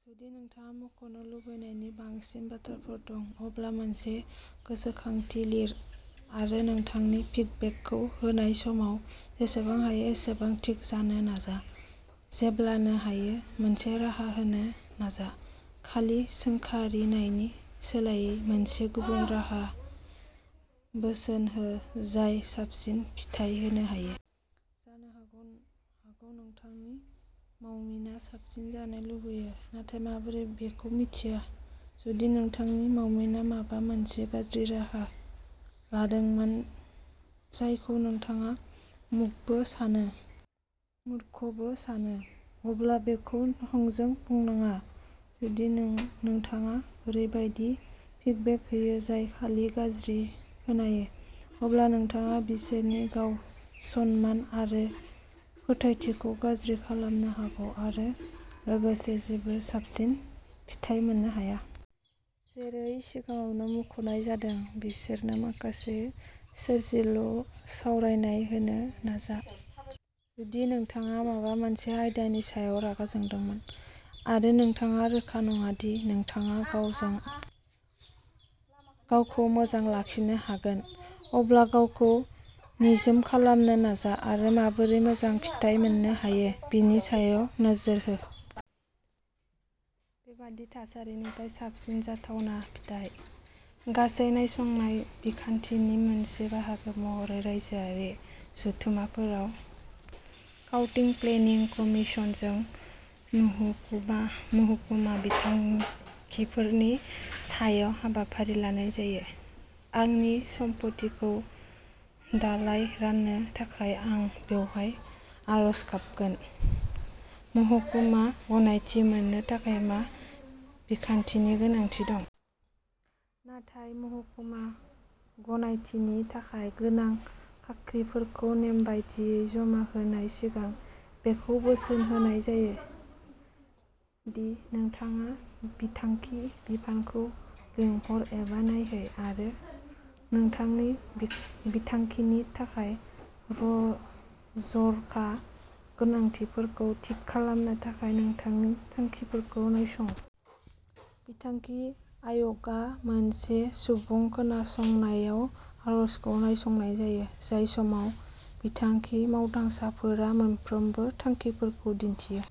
जुदि नोंथाङा मख'नो लुबैनायनि बांसिन बाथ्राफोर दं, अब्ला मोनसे गोसोखांथि लिर आरो नोंथांनि फिडबेकखौ होनाय समाव जेसेबां हायो एसेबां थि जानो नाजा। जेब्लानो हायो, मोनसे राहा होनो नाजा। खालि सोंखारिनायनि सोलायै, मोनसे गुबुन राहा बोसोन हो जाय साबसिन फिथाय होनो हायो। जानो हागौ नोंथांनि मावमिना साबसिन जानो लुबैयो, नाथाय माबोरै बेखौ मिन्थिया? जुदि नोंथांनि मावमिना माबा मोनसे गाज्रि राहा लादोंमोन जायखौ नोंथाङा मूर्खबो सानो, अब्ला बेखौ थोंजों बुंनाङा। जुदि नोंथाङा ओरैबायदि फिडबेक होयो जाय खालि गाज्रि खोनायो, अब्ला नोंथाङा बिसोरनि गाव-सनमान आरो फोथायथिखौ गाज्रि खालामनो हागौ आरो लोगोसे जेबो साबसिन फिथाय मोननो हाया। जेरै सिगाङावनो मुंख'नाय जादों, बिसोरनो माखासे सोरजिलु सावरायनाय होनो नाजा। जुदि नोंथाङा माबा मोनसे आयदानि सायाव रागा जोंदोंमोन, आरो नोंथाङा रोखा नङा दि नोंथाङा गावखौ मोजां लाखिनो हागोन, अब्ला गावखौ निजोम खालामनो नाजा आरो माबोरै मोजां फिथाय मोननो हायो बेनि सायाव नोजोर हो। बेबादि थासारिनिफ्राय साबसिन जाथावना फिथाय। गासै नायसंनाय बिखान्थिनि मोनसे बाहागो महरै रायजोआरि जथुमफोराव काउन्टि प्लेनिं कमिसनजों महकुमा बिथांखिफोरनि सायाव हाबाफारि लानाय जायो। आंनि सम्फथिखौ दालाय राननो थाखाय आं बबेहाय आर'ज गाबगोन? महकुमा गनायथि मोन्नो थाखाय मा बिखान्थिनि गोनांथि दं? नाथाय, महकुमा गनायथिनि थाखाय गोनां खाख्रिफोरखौ नेम बायदियै जमा होनायनि सिगां, बेखौ बोसोन होनाय जायो दि नोंथाङा बिथांखि बिफानखौ लिंहर एबा नायहै आरो नोंथांनि बिथांखिनि थाखाय जर'खा गोनांथिफोरखौ थि खालामनो थाखाय नोंथांनि थांखिफोरखौ नायसं। बिथांखि आय'गआ मोनसे सुबुं खोनासंनायाव आर'जखौ नायसंनाय जायो, जाय समाव बिथांखि मावदांसाफोरा मोनफ्रोमबो थांखिफोरखौ दिन्थियो।